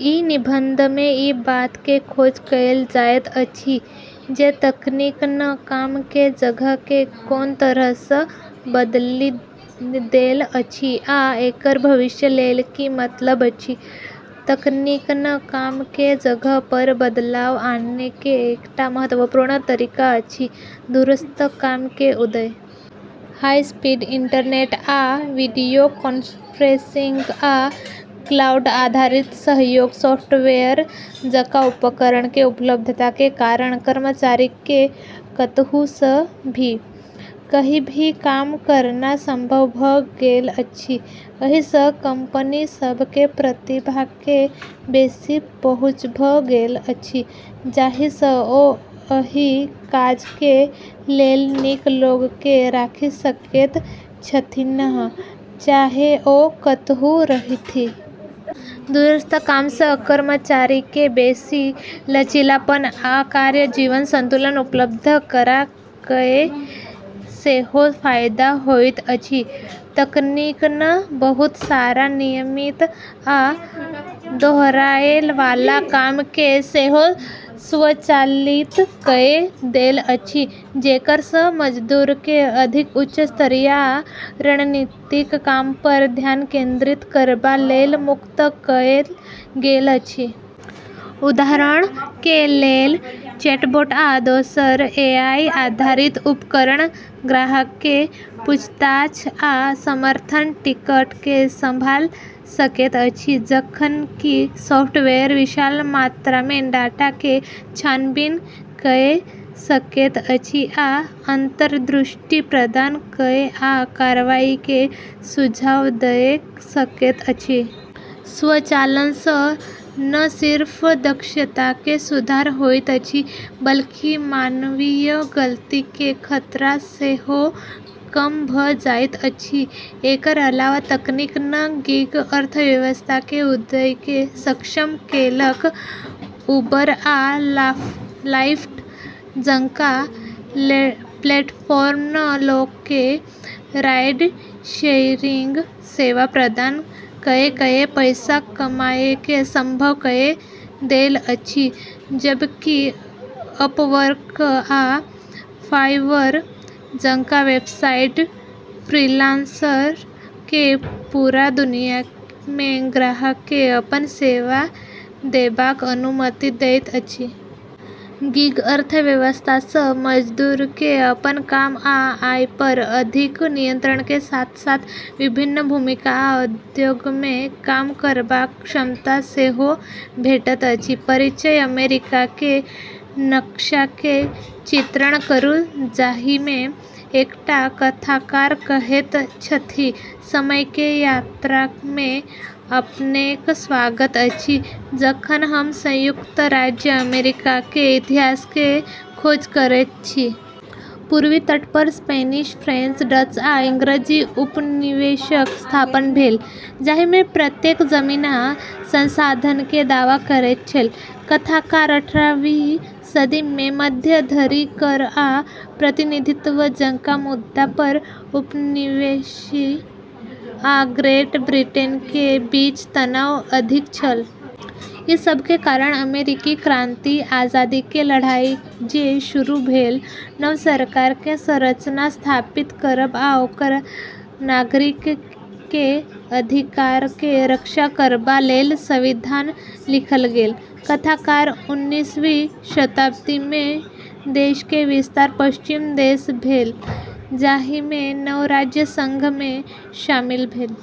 ई निबंध मे ई बात के खोज कएल जाइत अछि जे तकनीक नँ काम के जगह के कोन तरह सँ बदलि देल अछि आ एकर भविष्य लेल की मतलब अछि। तकनीक नँ काम के जगह पर बदलाव आने के एकटा महत्वपूर्ण तरीका अछि दूरस्थ काम के उदय। हाई स्पीड इंटरनेट आ वीडियो कॉन्फ्रेंसिंग आ क्लाउड आधारित सहयोग सॉफ्टवेयर जकां उपकरण के उपलब्धता के कारण कर्मचारी के कतहु सँ भी, कहीं भी काम करना संभव भ गेल अछि। एहि सँ कंपनी सभ के प्रतिभा के बेसी पहुंच भ गेल अछि, जाहि सँ ओ एहि काज के लेल नीक लोक के राखि सकैत छथिन्ह, चाहे ओ कतहु रहथि। दूरस्थ काम सँ कर्मचारी के बेसी लचीलापन आ कार्य-जीवन संतुलन उपलब्ध करा कए सेहो फायदा होइत अछि। तकनीक नँ बहुत सारा नियमित आ दोहराए वाला काम के सेहो स्वचालित कए देल अछि, जेकर सँ मजदूर के अधिक उच्च स्तरीय आ रणनीतिक काम पर ध्यान केंद्रित करबा लेल मुक्त कएल गेल अछि। उदाहरण के लेल, चैटबॉट आ दोसर एआई आधारित उपकरण ग्राहक के पूछताछ आ समर्थन टिकट के संभाल सकैत अछि, जखन कि सॉफ्टवेयर विशाल मात्रा मे डाटा के छानबीन कए सकैत अछि आ अंतर्दृष्टि प्रदान कए आ कार्रवाई के सुझाव दए सकैत अछि। स्वचालन सँ न सिर्फ दक्षता मे सुधार होइत अछि, बल्कि मानवीय गलती के खतरा सेहो कम भ जाइत अछि। एकर अलावा तकनीक नँ गिग अर्थव्यवस्था के उदय के सक्षम केलक। उबर आ लाइफ्ट जकां प्लेटफॉर्म नँ लोक के राइड-शेयरिंग सेवा प्रदान कए कए पैसा कमाए के संभव कए देल अछि, जबकि अपवर्क आ फाइवर जकां वेबसाइट फ्रीलांसर के पूरा दुनिया मे ग्राहक के अपन सेवा देबाक अनुमति दैत अछि। गिग अर्थव्यवस्था सँ मजदूर के अपन काम आ आय पर अधिक नियंत्रण के साथ-साथ विभिन्न भूमिका आ उद्योग मे काम करबाक क्षमता सेहो भेटल अछि। परिचय अमेरिका के नक्शा के चित्रण करू जाहि मे एकटा कथाकार कहैत छथि समय के यात्रा मे अपनेक स्वागत अछि जखन हम संयुक्त राज्य अमेरिका के इतिहास के खोज करैत छी। पूर्वी तट पर स्पेनिश, फ्रेंच, डच, आ अंग्रेजी उपनिवेशक स्थापना भेल, जाहि मे प्रत्येक जमीन आ संसाधन के दावा करैत छल। कथाकार अठारहवीं सदी के मध्य धरि कर आ प्रतिनिधित्व जकां मुद्दा पर उपनिवेश आ ग्रेट ब्रिटेन के बीच तनाव अधिक छल। ई सब के कारण अमेरिकी क्रांति, आजादी के लड़ाई जे शुरू भेल। नव सरकार के संरचना स्थापित करब आ ओकर नागरिक के अधिकार के रक्षा करबा लेल संविधान लिखल गेल। कथाकार उन्नीसवीं शताब्दी मे देश के विस्तार पश्चिम दिस भेल, जाहि मे नव राज्य संघ मे शामिल भेल।